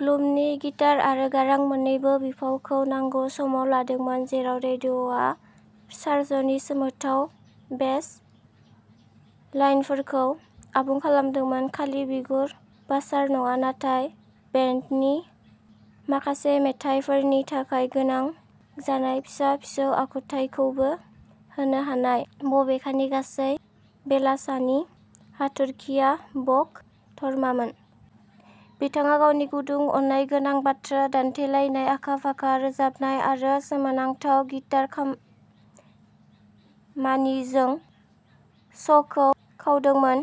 ब्लुमनि guitar आरो गारां मोन्नैनिबो बिफावखौ नांगौ समाव लादोंमोन। जेराव रेडिन'आ सारज'नि गोमोथाव बेस लाइनफोरखौ आबुं खालामदोंमोन खालि बिगुर बासार नङा, नाथाय बेन्दनि माखासे मेथाइफोरनि थाखाय गोनां जानाय फिसा-फिसौ आखुथायखौबो होनो हानाय। बबेखानि, गासै बेलासानि हाथरखिआ बक धर्मामोन। बिथाङा गावनि गुदुं, अननायगोनां बाथ्रा दान्थेलायनाय, आखा-फाखा रोजाबनाय, आरो सोमोनांथाव गिटार खामानिजों श'खौ खावदोंमोन।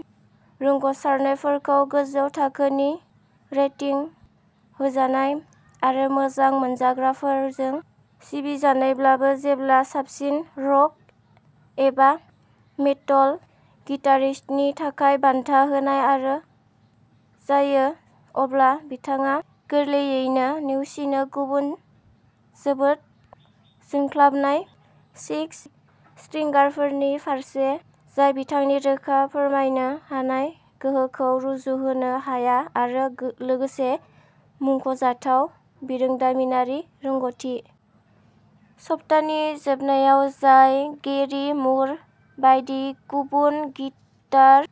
रोंग'सारफोरजों गोजौ थाखोनि रेटिं होजानाय आरो मोजां मोनग्राफोरजों सिबिजानायब्लाबो जेब्ला साबसिन रक एबा मेटल गिटारिस्टनि थाखाय बान्था होनाय जायो अब्ला बिथाङा गोरलैयैनो नेवसियो गुबुन जोबोद जोंख्लाबनाय सिक्स-स्ट्रिंगारफोरनि फारसे, जाय बिथांनि रोखा फोरमायनो हानाय गोहोखौ रुजुहोनो हाया आरो लोगोसे मुंख'जाथाव बिरोंदामिनारि रोंग'थि। सप्तानि जोबनायाव जाय गेरि मुर बायदि गुबुन गिटार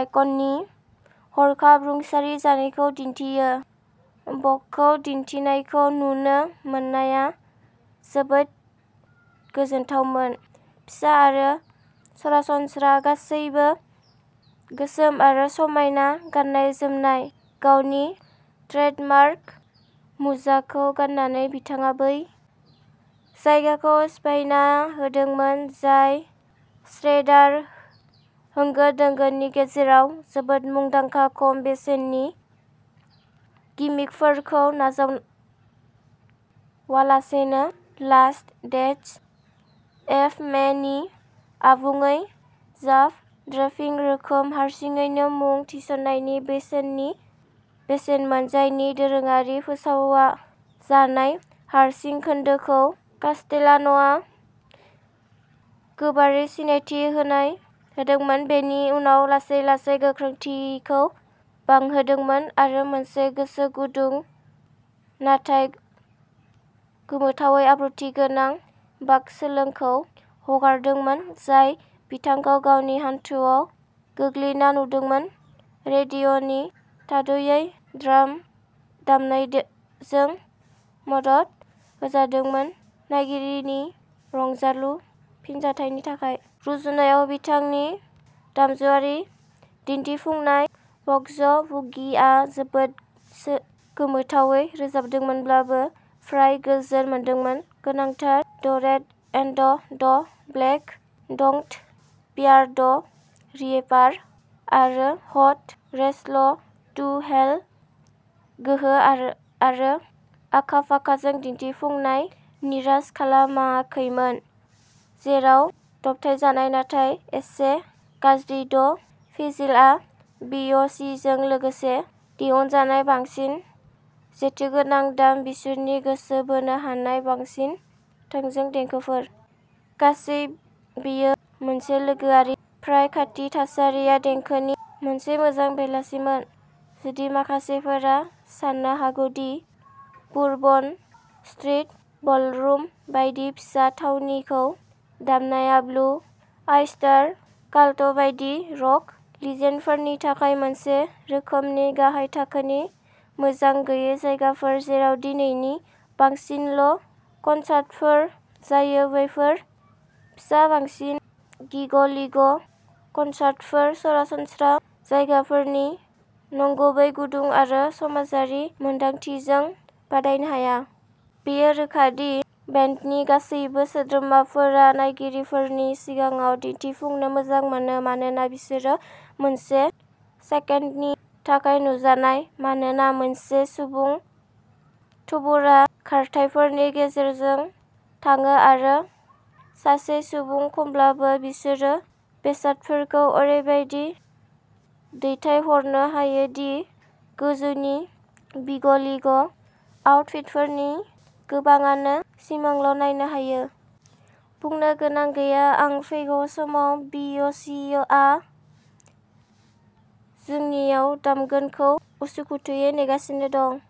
आइकननि हरखाब रुंसारि जानायखौ दिन्थियो, बकखौ दिन्थिफुंनायखौ नुनो मोननाया जोबोद गोजोनथावमोन। फिसा आरो सरासनस्रा गासैबो गोसोम आरो समायना गाननाय-जोमनाय। गावनि ट्रेडमार्क मुजाखौ गाननानै बिथाङा बै जायगाखौ सिफायना होदोंमोन जाय श्रेडार होंगो दोंगोनि गेजेराव जोबोद मुंदांखा खम बेसेननि गिमिकफोरखौ नाजावालासेनो लास्ट डेज अफ मे नि आबुङै जाभ-ड्रपिं रोखोम हारसिङैनो मुं थिसननायनि बेसेननि बेसेनमोन जायनि दोरोङारि फोलावजानाय हारसिं खोन्दोखौ कास्टेलान'आ गोबारै सिनायथि होदोंमोन बेनि उनाव लासै लासै गोख्रैथिखौ बांहोदोंमोन आरो मोनसे गोसो गुदुं नाथाय गोमोथावै आब्रुथिगोनां बाक सोलोखौ हगारदोंमोन जाय बिथांखौ गावनि हान्थुआव गोग्लैना नुदोंमोन रेडिन'नि थाद'गैयै ड्राम दामनायजों मदद होजादोंमोन नायगिरिफोरनि रंजालु फिनजाथायनि थाखाय। रुजुनायाव बिथांनि दामजुआरि दिन्थिफुंनाय बक'ज बुगी आ, जोबोद गोमोथावै रोजाबजादोंमोनब्लाबो, फ्राय गोजोन मोनदोंमोन। गोनांथार the red and the black, don't fear the reaper आरो हट रेल्स टु हेल, गोहो आरो आखा-फाखाजों दिन्थिफुंजानाय, निराश खालामाखैमोन जेराव दबथायजानाय नाथाय एसे गाज्रि द भिजिल आ बि अ सि जों लोगोसे दिहुनजानाय बांसिन जेथोगोनां दाम बिसोरनि गोसो बोनो हानाय, बांसिन थोंजों देंखोफोर। गासै, बेयो मोनसे लोगोआरि, फ्राय खाथि थासारियाव देंखोनि मोनसे मोजां बेलासिमोन। जुदि माखासेफोरा सानो हागौ दि बुरबन स्ट्रिट बलरुम बायदि फिसा थावनिखौ दामनाया ब्लु ऑयस्टार काल्ट बायदि रक लिजेन्डफोरनि थाखाय मोनसे रोखोमनि गाहाय थाखोनि, मोखां गैयै जायगाफोर जेराव दिनैनि बांसिनल 'कनसार्टफोर जायो, बैफोर फिसा बांसिन बिग-लिग'कनसार्टफोर, सरासनस्रा जायगाफोरनि नंगुबै गुदुं आरो समाजारि मोनदांथिजों बादायनो हाया। बेयो रोखा दि बेन्डनि गासैबो सोद्रोमाफोरा नायगिरिफोरनि सिगाङाव दिन्थिफुंनो मोजां मोनो मानोना बिसोरो मोनसे सेकेन्डनि थाखाय नुजाया मानोना मोनसे सुबुं थुबुरआ खारथाइफोरनि गेजेरजों थाङो आरो सासे सुबुं खमब्लाबो बिसोरो बेसादफोरखौ ओरैबायदि दैथायहरनो हायो दि गोजौनि बिग-लिग आउटफिटफोरनि गोबांआनो सिमांल' नायनो हायो। बुंनो गोनां गैया, आं फैगौ समाव बि अ सि आ जोंनिआव दामगोनखौ उसुखुथुयै नेगासिनो दं।